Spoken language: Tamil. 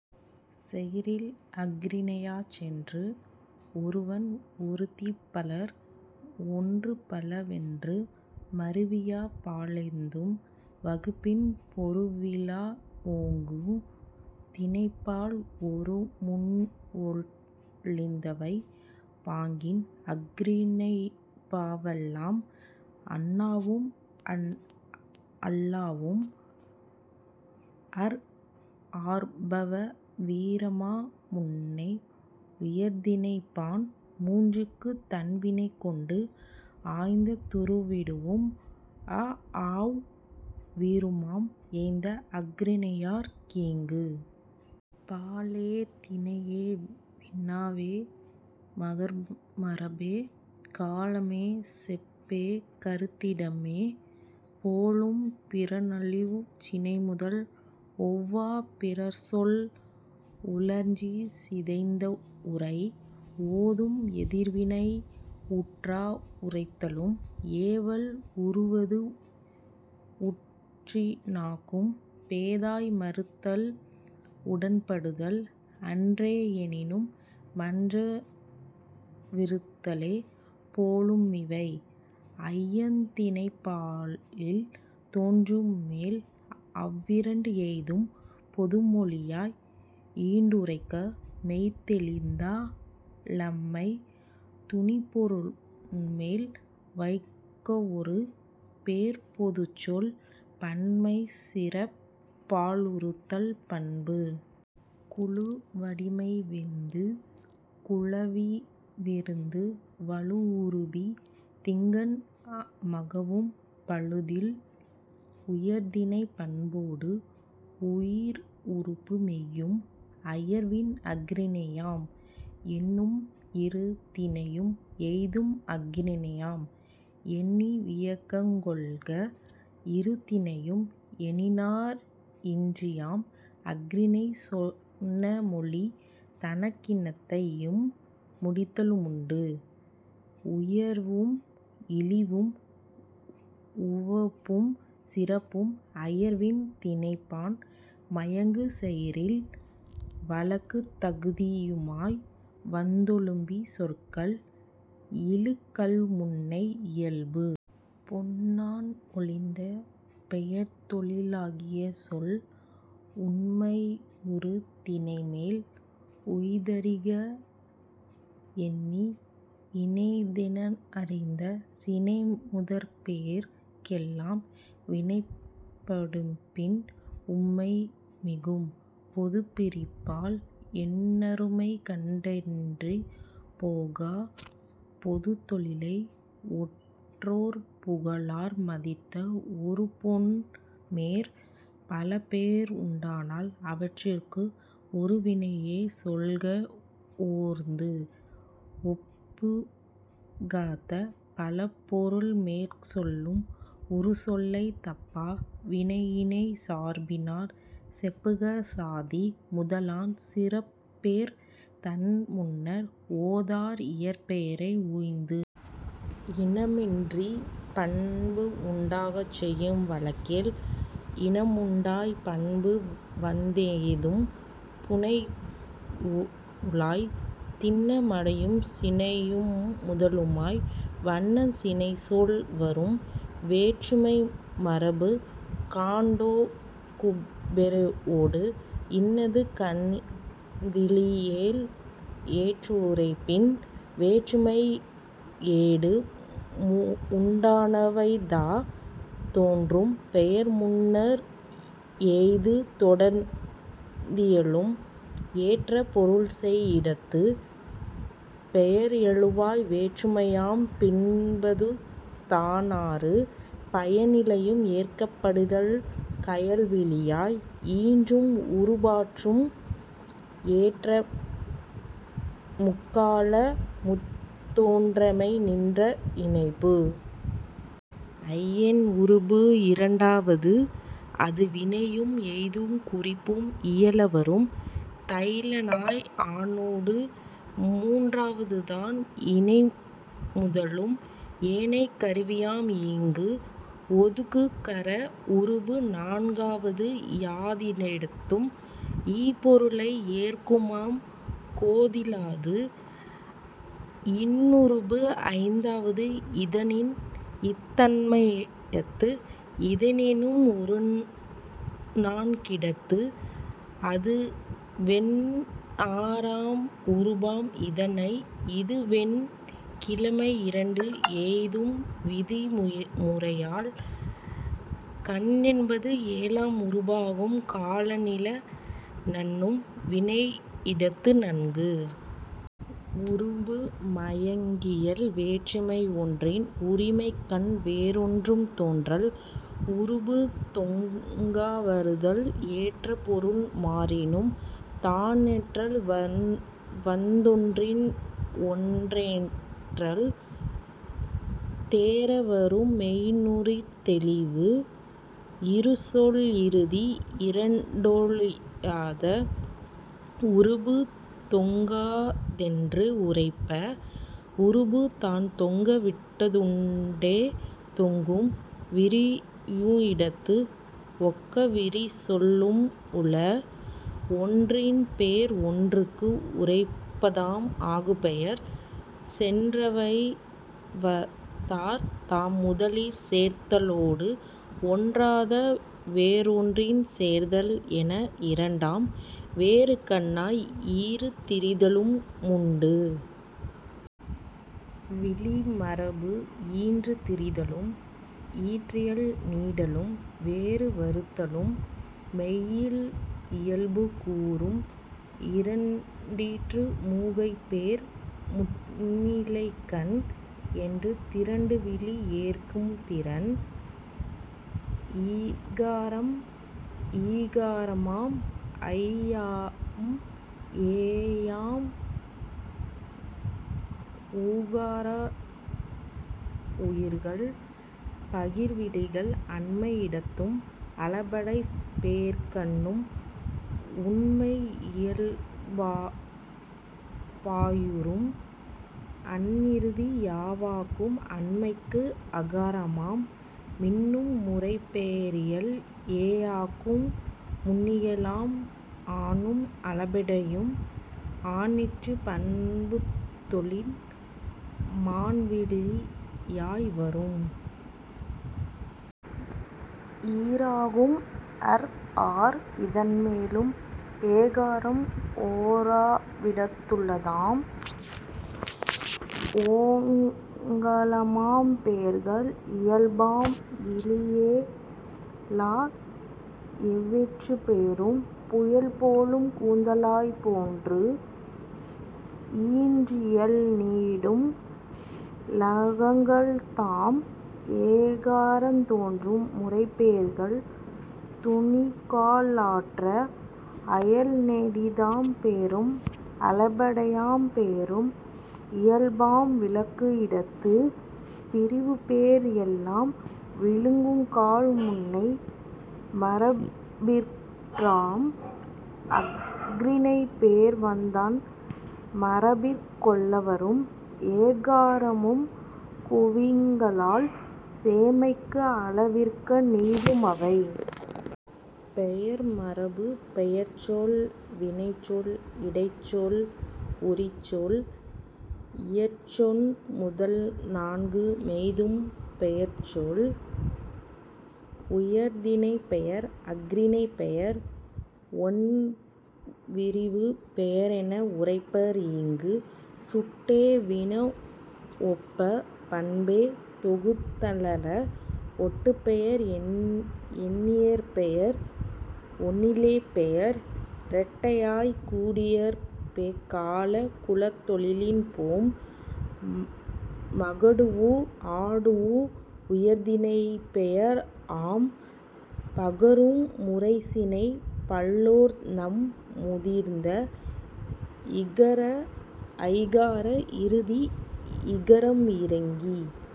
செயிரில் அஃறிணையாஞ் சென்று. ஒருவன் ஒருத்திபலர் ஒன்றுபல வென்று மருவியபா லைந்தும் வகுப்பின் பொருவிலா வோங்கு திணைப்பால் ஒருமூன் றொழிந்தவை பாங்கில் அஃறிணைப்பாவலாம். அன்னானும் அள்ளாளவும் அர்ஆர்பவ் வீறுமா முன்னை யுயர்திணைப்பான் மூன்றிற்குந் தன்வினைகொண்டு ஆய்ந்த துறுடுவும் அஆவவ் வீறுமாம் எய்த அஃறிணைப்பாற் கீங்கு. பாலே திணையே வினாவே பகர்மரபே காலமே செப்பே கருதிடமே போலும் பிறழ்வுஞ் சினைமுதல் ஒவ்வாப் பிறசொல் உறழ்வுஞ் சிதைந்த வுரை. ஓதும் எதிர்வினா உற்ற துரைத்தலும் ஏவல் உறுவதுகூற் றிந்நான்கும் பேதாய் மறுத்தல் உடன்படுதல் அன்றே எனினு மன்ற விறுத்தலே போலு மிவை. ஐயந் திணைபாலில் தோன்றுமேல் அவ்விரண்டும் எய்தும் பொதுமொழியால் ஈண்டுரைக்க மெய்தெரிந்தா லன்மை துணிபொருண்மேல் வைக்கவொரு பேர்ப்பொதுச்சொல் பன்மைசிறப் பாலுரைத்தல் பண்பு. குழுவடிமை வேந்து குழவி விருந்து வழுவுறுப்புத் திங்கண் மகவும் பழுதில் உயர்திணைப் பண்போடு உயிருப்பு மெய்யும் அயர்வில் அஃறிணையே யாம். எண்ணும் இருதிணையும் எய்தும் அஃறிணையாம் எண்ணிவியங் கொள்க இருதிணையும் எண்ணினாற் றன்மையாம் அஃறிணையுஞ் சொன்னமொழி தன்னினத்தை யுன்னி முடித்தலு முண்டு. உயர்வும் இழிவும் உவப்பும் சிறப்பும் அயர்வில் திணைபான் மயங்குஞ் செயிரில் வழக்குந் தகுதியுமாய் வந்தொழுகுஞ் சொற்கள் இழுக்கல்ல முன்னை இயல்பு. பெண்ணான் ஒழிந்த பெயர்தொழி லாகியசொல் உண்மை யிருதிணைமேல் உய்த்தறிக எண்ணி யினைத்தென் அறிந்த சினைமுதற்பேர்க் கெல்லாம் வினைப்படுப்பின் உம்மை மிகும். பொதுபிரிபால் எண்ணொருமைக் கண்ணன்றிப் போகா பொதுத்தொழிலை யொன்றாற் புகலார் மதித்த ஒருபொருண்மேற் பலபெயருண் டானால் அவற்றிற்கு ஒருவினையே சொல்லுக ஓர்ந்து. ஒப்பிகந்த பலபொருள்மேற் சொலும் உருசொல்லைத் தப்பா வினையினஞ் சார்பினாற் செப்புக சாதி முதலாஞ் சிறப்பேர் தன்முன்னர் ஓதார் இயற்பெயரை உய்த்து. இனமின்றிப் பண்புண்டாஞ் செய்யுஞ் வழக்கேல் இனமுண்டாய்ப் பண்புவந் தெய்தும் புனையிழாய் திண்ண மடையுஞ் சினையு முதலுமாய் வண்ணச் சினைசொல் வரும்.. வேற்றுமை மரபு காண்டகுபே ரையொடுகு இன்னது கண்விளியென் றீண்டுரைப்பின் வேற்றுமை யெட்டாகு மூண்டவைதாந் தோற்றும் பெயர்முன்னர் ஏழுந் தொடர்ந்தியலும் ஏற்ற பொருள்செய் யிடத்து. பெயரெழுவாய் வேற்றுமையாம் பின்பதுதா னாறு பயனிலையும் ஏற்கப் படுதல் கயல்விழியாய் ஈற்றிம் உறுபாறும் ஏற்றன்முக் காலமுந் தோற்றாமை நிற்ற றுணிபு. ஐயென் னுருபிரண் டாவ ததுவினையும் எய்துங் குறிப்பும் இயலவருந் தையலாய் ஆனொடு மூன்றா வதுதான் வினைமுதலும் ஏனைக் கருவியுமாம் ஈங்கு. ஓதுங் குகர உருபுநான் காவது யாதிடத்தும் ஈபொருளை யேற்குமாங் கோதிலாது இன்னுருபைந் தாவ திதனினித் தன்மைத்தி தென்னு மொருநான் கிடத்து. அதுவென்ப ஆறாம் உருபாம் இதனது இதுவென் கிழமையிரண் டெய்தும் விதிமுறையாற் கண்ணென்பது ஏழாம் உருபாகும் காலநில நண்ணும் வினையிடத்து நன்கு.. உருபு மயங்கியல் வேற்றுமை யொன்றன் உரிமைக்கண் வேறொன்று தோற்றல் உருபு தொகவருதல் ஏற்றபொருண் மாறினுந் தானிற்றல் வந்தொன்றின் ஒன்றேற்ற றேறவரு மெய்ந்நுற் றௌிவு. இருசொல் லிருதி யிரண்டே ழலாத உருபு தொகாதென் றுரைப்ப வுருபுதான் தொக்க விடத்துடனே தொக்கும் விரியுமிடத் தொக்கவிரி சொல்லு முள. ஒன்றன்பேர் ஒன்றற்கு உரைப்பதாம் ஆகுபெயர் சென்றவைந்தாந் தம்முதலிற் சேர்தலோடு ஒன்றாத வேறொன்றிற் சேர்தல் எனவிரண்டாம் வேற்கண்ணாய் ஈறு திரிதலுமுண் டீண்டு.. விளி மரபு ஈன்று திரிதலும் ஈற்றயல் நீடலும் வேறு வருதலும் மெய்யில் இயல்பு கூறும் இரண்டீற்று மூவகைப்பேர் முன்னிைக்கண் ணென்றுந் திரண்டுவிளி யேற்குந் திறம். இகாரம் ஈகாரமாம் ஐஆயாம் ஏயாம் உகார வுயிர்கள் பகர்விளிகள் அண்மை யிடத்தும் அளபெடைப் பேர்க்கண்ணும் உண்மை யியல்பா யுறும். அன்னிறுதி யாவாகும் அண்மைக்கு அகரமாம் மின்னு முறைப்பெயரே லேயாகு முன்னியல்பாம் ஆனும் அளபெடையும் ஆனீற்று பண்புதொழின் மான்விழி யாய் வரும். ஈராகும் அர்ஆர் இதன்மேலும் ஏகாரம் ஒரோ விடத்துளதாம் ஓங்களபாம் பேர்கள் இயல்பாம் விளியேலா வெவ்வீற்றுப் பேரும் புயல்போலுங் கூந்தலாய் போற்று. ஈற்றயல் நீடும் லளக்கள்தாம் ஏகாரந் தோற்றும் முறைப்பெயர்கள் துன்னுங்கால் ஆற்ற அயல்நெடிதாம் பேரும் அளபெடையாம் பேரும் இயல்பாம் விளிக்கு மிடத்து. விரவுப்பே ரெல்லாம் விளிக்குங்கான் முன்னை மரபிற்றாம் அஃறிணைபேர் வந்தான் மரபிற் கொளவரும் ஏகாரமுங் கூவிங்காற் சேய்மைக்கு அளவிறப்ப நீளும் அவை.. பெயர் மரபு பெயர்ச்சொல் வினைச்சொல் இடைச்சொல் உரிச்சொல் இயற்சொன் முதனான்கு மெய்தும் பெயர்ச்சொல் உயர்திணைப்பேயர் அஃறிணைப்பேயர் ஒண்விரவுப் பெயரு மெனவுரைப்ப ரீங்கு. சுட்டே வினாவொப்பே பண்பே தொகுனளர வொட்டுப்பேர் எண்ணியற்பேர் ஒண்ணிலப்பேர் இட்டிடையாய் கூடியற்பெர் காலங் குலந்தொழிலின் போமகடூஉ ஆடூஉ உயர்திணைப்பே ராம். பகரு முறைசினைப் பல்லோர்நம் மூதிர்ந்த இகரஐ கார இறுதி இகரமிறுஞ்।